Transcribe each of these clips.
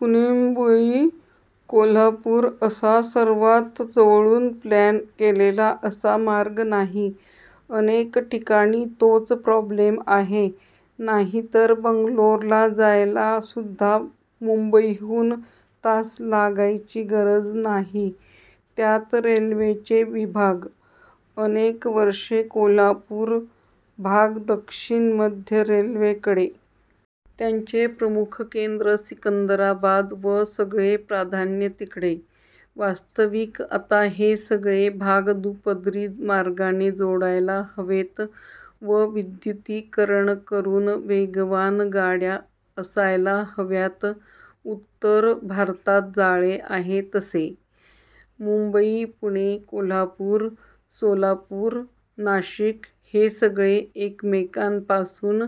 पुणे ुंबई-कोल्हापूर असा सर्वात जवळून प्लॅन केलेला असा मार्ग नाही. अनेक ठिकाणी तोच प्रॉब्लेम आहे. नाहीतर बंगलोर ला जायला सुद्धा मुंबईहून तास लागायची गरज नाही. त्यात रेल्वेचे विभाग. अनेक वर्षे कोल्हापूर भाग दक्षिण-मध्य रेल्वे कडे. त्यांचे प्रमुख केन्द्र सिकंदराबाद व सगळे प्राधान्य तिकडे. वास्तविक आता हे सगळे भाग दुपदरी मार्गाने जोडायला हवेत व विद्युतीकरण करून वेगवान गाड्या असायला हव्यात उत्तर भारतात जाळे आहे तसे. मुंबई-पुणे-कोल्हापूर-सोलापूर-नाशिक हे सगळे एकमेकांपासून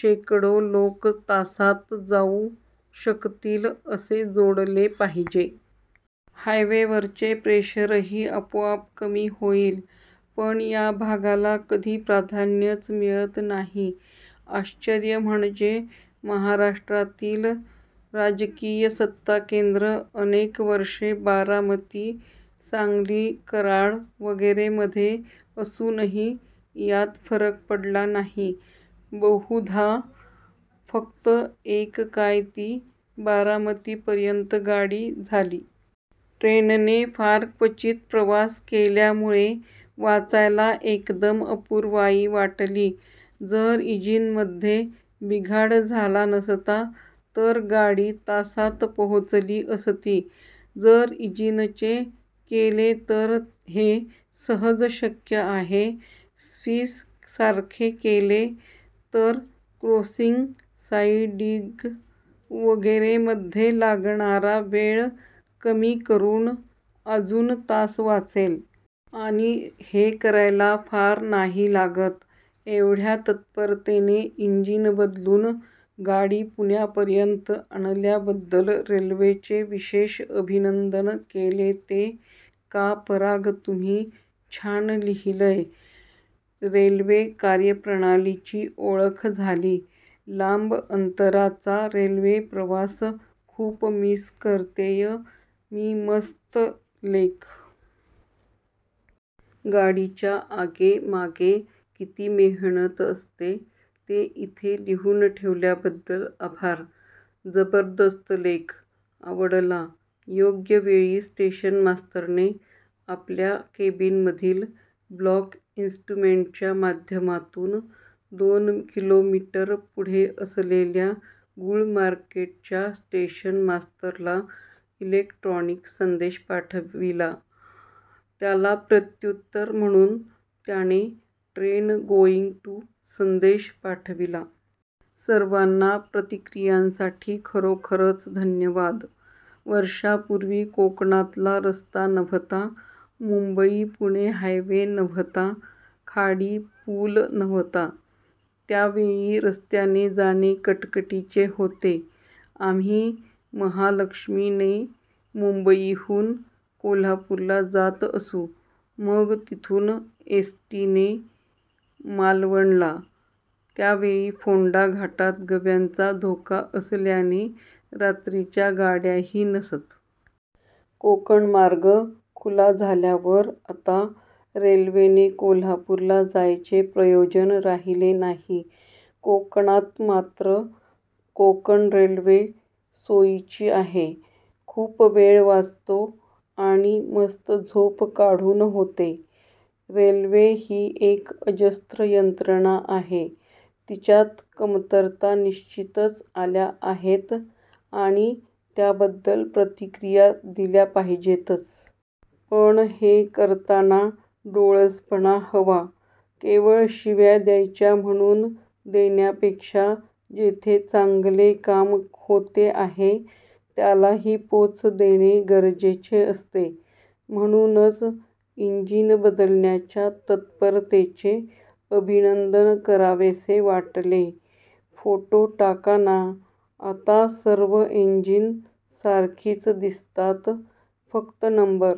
शेकडो लोक तासांत जाउ शकतील असे जोडले पाहिजे. हायवेवरचे प्रेशरही आपोआप कमी होईल. पण या भागाला कधी प्राधान्यच मिळत नाही. आश्चर्य म्हणजे महाराष्ट्रातील राजकीय सत्ताकेन्द्र अनेक वर्षे बारामती, सांगली, कराड वगैरे मधे असूनही यात फरक पडला नाही. बहुधा फक्त एक काय ती बारामतीपर्यंत गाडी झाली. ट्रेनने फार क्वचित प्रवास केल्यामुळे वाचायला एकदम अपूर्वाई वाटली. जर ईजिन मध्ये बिघाड झाला नसता तर गाडी तासात पोहोचली असती. जर ईजिन चे केले तर हे सहज शक्य आहे. स्विस सारखे केले तर क्रोसिंग, साईडिग वगैरे मध्ये लागणारा वेळ कमी करुन आजुन तास वाचेल. आणि हे करायला फार नाही लागत. एवढ्या तत्परतेने इंजिन बदलून गाडी पुण्यापर्यंत आणल्याबद्दल रेल्वेचे विषेश अभिनंदन केलेते का पराग तुम्ही.. छान लिहलय! रेल्वे कार्यप्रणालीची ओळख झाली. लांब अंतराचा रेल्वे-प्रवास खूप मिस करतेय मीमस्त लेख. गाडीच्या आगेमागे किती मेहनत असते ते इथे लिहुन ठेवल्याबद्दल आभार. जबरदस्त लेख, आवडला. योग्यवेळी स्टेशन मास्तरने आपल्या केबीनमधील ब्लॉक इस्ट्रुमेंटच्या माध्यमातून दोन किलोमीटर पुढे असलेल्या गूळ मार्केटच्या स्टेशन मास्तरला इलेक्ट्रॉनिक संदेश पाठविला, त्याला प्रत्युत्तर म्हणून त्याने ट्रेन गोईंग टू संदेश पाठविला. सर्वांना प्रतिक्रियांसाठी खरोखरच धन्यवाद. वर्षांपुर्वी कोकणातला रस्ता नव्हता. मुंबई पुणे हायवे नव्हता, खाडी पूल नव्हता. त्यावेळी रस्त्याने जाणे कटकटीचे होते. आम्ही महालक्ष्मीने मुंबईहून कोल्हापूरला जात असू. मग तिथून एस टी ने मालवणला. त्यावेळी फोंडा घाटात गव्यांचा धोका असल्याने रात्रीच्या गाड्याही नसत. कोकणमार्ग खुला झाल्यावर आता रेल्वेने कोल्हापूरला जायचे प्रयोजन राहिले नाही. कोकणात मात्र कोकण रेल्वे सोयीची आहे. खुप वेळ वाचतो आणि मस्त झोप काढून होते. रेल्वे ही एक अजस्त्र यंत्रणा आहे. तिच्यात कमतरता निश्चितच आल्या आहेत आणि त्याबद्दल प्रतिक्रिया दिल्या पाहिजेतच. पण हे करताना डोळसपणा हवा. केवळ शिव्या द्यायच्या म्हणून देण्यापेक्षा जेथे चांगले काम होते आहे, त्यालाही पोच देणे गरजेचे असते. म्हणूनच इंजिन बदलण्याच्या तत्परतेचे अभिनंदन करावेसे वाटले. फोटो टाका ना! आता सर्व एंजिनं सारखीच दिसतात फक्त नंबर